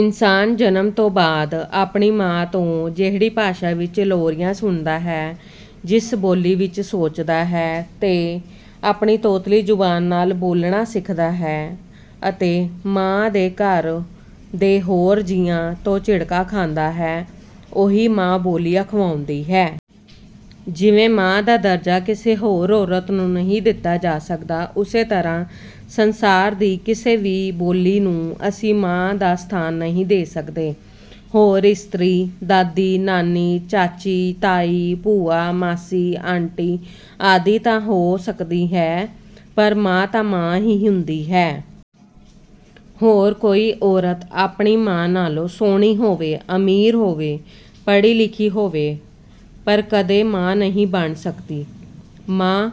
ਇਨਸਾਨ ਜਨਮ ਤੋਂ ਬਾਅਦ ਆਪਣੀ ਮਾਂ ਤੋਂ ਜਿਹੜੀ ਭਾਸ਼ਾ ਵਿੱਚ ਲੋਰੀਆਂ ਸੁਣਦਾ ਹੈ, ਜਿਸ ਬੋਲੀ ਵਿੱਚ ਸੋਚਦਾ ਹੈ ਤੇ ਆਪਣੀ ਤੋਤਲੀ ਜ਼ਬਾਨ ਨਾਲ ਬੋਲਣਾ ਸਿੱਖਦਾ ਹੈ ਅਤੇ ਮਾਂ ਤੇ ਘਰ ਦੇ ਹੋਰ ਜੀਆਂ ਤੋਂ ਝਿੜਕਾਂ ਖਾਂਦਾ ਹੈ, ਉਹੀ ਮਾਂ-ਬੋਲੀ ਅਖਵਾਉਂਦੀ ਹੈ। ਜਿਵੇਂ ਮਾਂ ਦਾ ਦਰਜਾ ਕਿਸੇ ਹੋਰ ਔਰਤ ਨੂੰ ਨਹੀਂ ਦਿੱਤਾ ਜਾ ਸਕਦਾ, ਉਸੇ ਤਰ੍ਹਾਂ ਸੰਸਾਰ ਦੀ ਕਿਸੇ ਵੀ ਬੋਲੀ ਨੂੰ ਅਸੀਂ ਮਾਂ ਦਾ ਸਥਾਨ ਨਹੀਂ ਦੇ ਸਕਦੇ। ਹੋਰ ਇਸਤਰੀ ਦਾਦੀ, ਨਾਨੀ, ਚਾਚੀ, ਤਾਈ, ਭੂਆ, ਮਾਸੀ, ਆਂਟੀ ਆਦਿ ਤਾਂ ਹੋ ਸਕਦੀ ਹੈ, ਪਰ ਮਾਂ ਤਾਂ ਮਾਂ ਹੀ ਹੁੰਦੀ ਹੈ। ਹੋਰ ਕਈ ਔਰਤ ਆਪਣੀ ਮਾਂ ਨਾਲੋਂ ਸੋਹਣੀ ਹੋਵੇ, ਅਮੀਰ ਹੋਵੇ, ਪੜ੍ਹੀ-ਲਿਖੀ ਹੋਵੇ, ਪਰ ਕਦੇ ਮਾਂ ਨਹੀਂ ਬਣ ਸਕਦੀ। ਮਾਂ,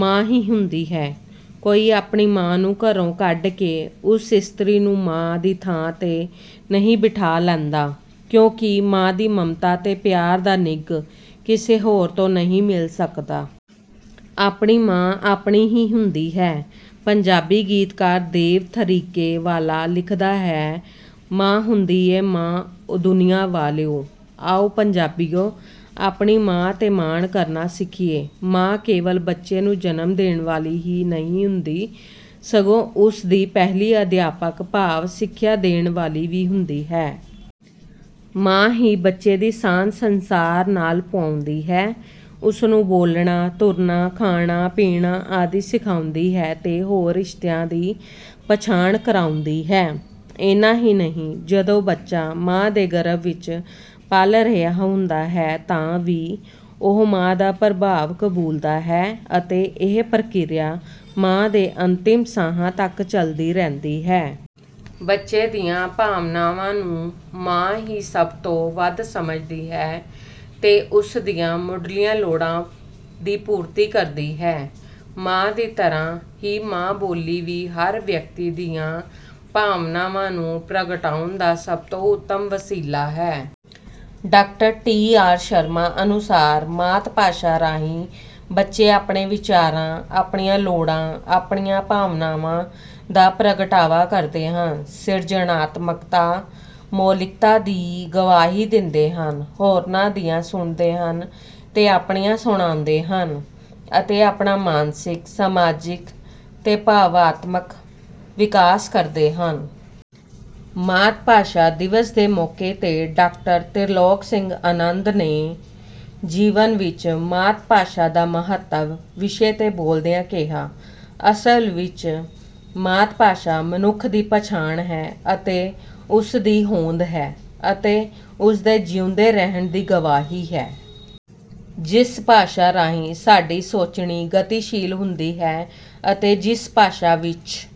ਮਾਂ ਹੀ ਹੁੰਦੀ ਹੈ। ਕੋਈ ਆਪਣੀ ਮਾਂ ਨੂੰ ਘਰੋਂ ਕੱਢ ਕੇ ਉਸ ਇਸਤਰੀ ਨੂੰ ਮਾਂ ਦੀ ਥਾਂ 'ਤੇ ਨਹੀਂ ਬਿਠਾ ਲੈਂਦਾ, ਕਿਉਂਕਿ ਮਾਂ ਦੀ ਮਮਤਾ ਤੇ ਪਿਆਰ ਦਾ ਨਿੱਘ ਕਿਸੇ ਹੋਰ ਤੋਂ ਨਹੀਂ ਮਿਲ ਸਕਦਾ। ਆਪਣੀ ਮਾਂ ਆਪਣੀ ਹੀ ਹੁੰਦੀ ਹੈ। ਪੰਜਾਬੀ ਗੀਤਕਾਰ ਦੇਵ ਥਰੀਕੇ ਵਾਲਾ ਲਿਖਦਾ ਹੈ - "ਮਾਂ ਹੁੰਦੀ ਏ ਮਾਂ ਓ ਦੁਨੀਆਂ ਵਾਲਿਓ" ਆਓ ਪੰਜਾਬੀਓ! ਆਪਣੀ ਮਾਂ 'ਤੇ ਮਾਣ ਕਰਨਾ ਸਿੱਖੀਏ। ਮਾਂ ਕੇਵਲ ਬੱਚੇ ਨੂੰ ਜਨਮ ਦੇਣ ਵਾਲੀ ਹੀ ਨਹੀਂ ਹੁੰਦੀ, ਸਗੋਂ ਉਸ ਦੀ ਪਹਿਲੀ ਅਧਿਆਪਕ ਭਾਵ ਸਿੱਖਿਆ ਦੇਣ ਵਾਲੀ ਵੀ ਹੁੰਦੀ ਹੈ। ਮਾਂ ਹੀ ਬੱਚੇ ਦੀ ਸਾਂਝ ਸੰਸਾਰ ਨਾਲ ਪੁਆਉਂਦੀ ਹੈ। ਉਸਨੂੰ ਬੋਲਣਾ, ਤੁਰਨਾ, ਖਾਣਾ-ਪੀਣਾ ਆਦਿ ਸਿਖਾਉਂਦੀ ਹੈ ਤੇ ਹੋਰ ਰਿਸ਼ਤਿਆਂ ਦੀ ਪਛਾਣ ਕਰਵਾਉਂਦੀ ਹੈ। ਇੰਨਾ ਹੀ ਨਹੀਂ, ਜਦੋਂ ਬੱਚਾ ਮਾਂ ਦੇ ਗਰਭ ਵਿੱਚ ਪਲ ਰਿਹਾ ਹੁੰਦਾ ਹੈ, ਤਾਂ ਵੀ ਉਹ ਮਾਂ ਦਾ ਪ੍ਰਭਾਵ ਕਬੂਲਦਾ ਹੈ ਅਤੇ ਇਹ ਪ੍ਰਕਿਰਿਆ ਮਾਂ ਦੇ ਅੰਤਿਮ ਸਾਹਾਂ ਤੱਕ ਚਲਦੀ ਰਹਿੰਦੀ ਹੈ। ਬੱਚੇ ਦੀਆਂ ਭਾਵਨਾਵਾਂ ਨੂੰ ਮਾਂ ਹੀ ਸਭ ਤੋਂ ਵੱਧ ਸਮਝਦੀ ਹੈ ਤੇ ਉਸ ਦੀਆਂ ਮੁੱਢਲੀਆਂ ਲੋੜਾਂ ਦੀ ਪੂਰਤੀ ਕਰਦੀ ਹੈ। ਮਾਂ ਦੀ ਤਰ੍ਹਾਂ ਹੀ ਮਾਂ-ਬੋਲੀ ਵੀ ਹਰ ਵਿਅਕਤੀ ਦੀਆਂ ਭਾਵਨਾਵਾਂ ਨੂੰ ਪ੍ਰਗਟਾਉਣ ਦਾ ਸਭ ਤੋਂ ਉੱਤਮ ਵਸੀਲਾ ਹੈ। Doctor T. ਆਰ. ਸ਼ਰਮਾ ਅਨੁਸਾਰ - "ਮਾਤ-ਭਾਸ਼ਾ ਰਾਹੀਂ ਬੱਚੇ ਆਪਣੇ ਵਿਚਾਰਾਂ, ਆਪਣੀਆਂ ਲੋੜਾਂ, ਆਪਣੀਆਂ ਭਾਵਨਾਵਾਂ ਦਾ ਪ੍ਰਗਟਾਵਾ ਕਰਦੇ ਹਨ, ਸਿਰਜਣਾਤਮਕਤਾ, ਮੌਲਿਕਤਾ ਦੀ ਗਵਾਹੀ ਦਿੰਦੇ ਹਨ, ਹੋਰਨਾਂ ਦੀਆਂ ਸੁਣਦੇ ਹਨ ਤੇ ਆਪਣੀਆਂ ਸੁਣਾਉਂਦੇ ਹਨ ਅਤੇ ਆਪਣਾ ਮਾਨਸਿਕ, ਸਮਾਜਿਕ ਤੇ ਭਾਵਾਤਮਕ ਵਿਕਾਸ ਕਰਦੇ ਹਨ।" ਮਾਤ-ਭਾਸ਼ਾ ਦਿਵਸ ਦੇ ਮੌਕੇ 'ਤੇ ਡਾਕਟਰ ਤ੍ਰਿਲੋਕ ਸਿੰਘ ਅਨੰਦ ਨੇ "ਜੀਵਨ ਵਿੱਚ ਮਾਤ-ਭਾਸ਼ਾ ਦਾ ਮਹੱਤਵ" ਵਿਸ਼ੇ 'ਤੇ ਬੋਲਦਿਆਂ ਕਿਹਾ - "ਅਸਲ ਵਿੱਚ ਮਾਤ-ਭਾਸ਼ਾ ਮਨੁੱਖ ਦੀ ਪਛਾਣ ਹੈ ਅਤੇ ਉਸ ਦੀ ਹੋਂਦ ਅਤੇ ਉਸ ਦੇ ਜੀਉਂਦੇ ਰਹਿਣ ਦੀ ਗਵਾਹੀ ਹੈ। ਜਿਸ ਭਾਸ਼ਾ ਰਾਹੀਂ ਸਾਡੀ ਸੋਚਣੀ ਗਤੀਸ਼ੀਲ ਹੁੰਦੀ ਹੈ ਅਤੇ ਜਿਸ ਭਾਸ਼ਾ ਵਿੱਚ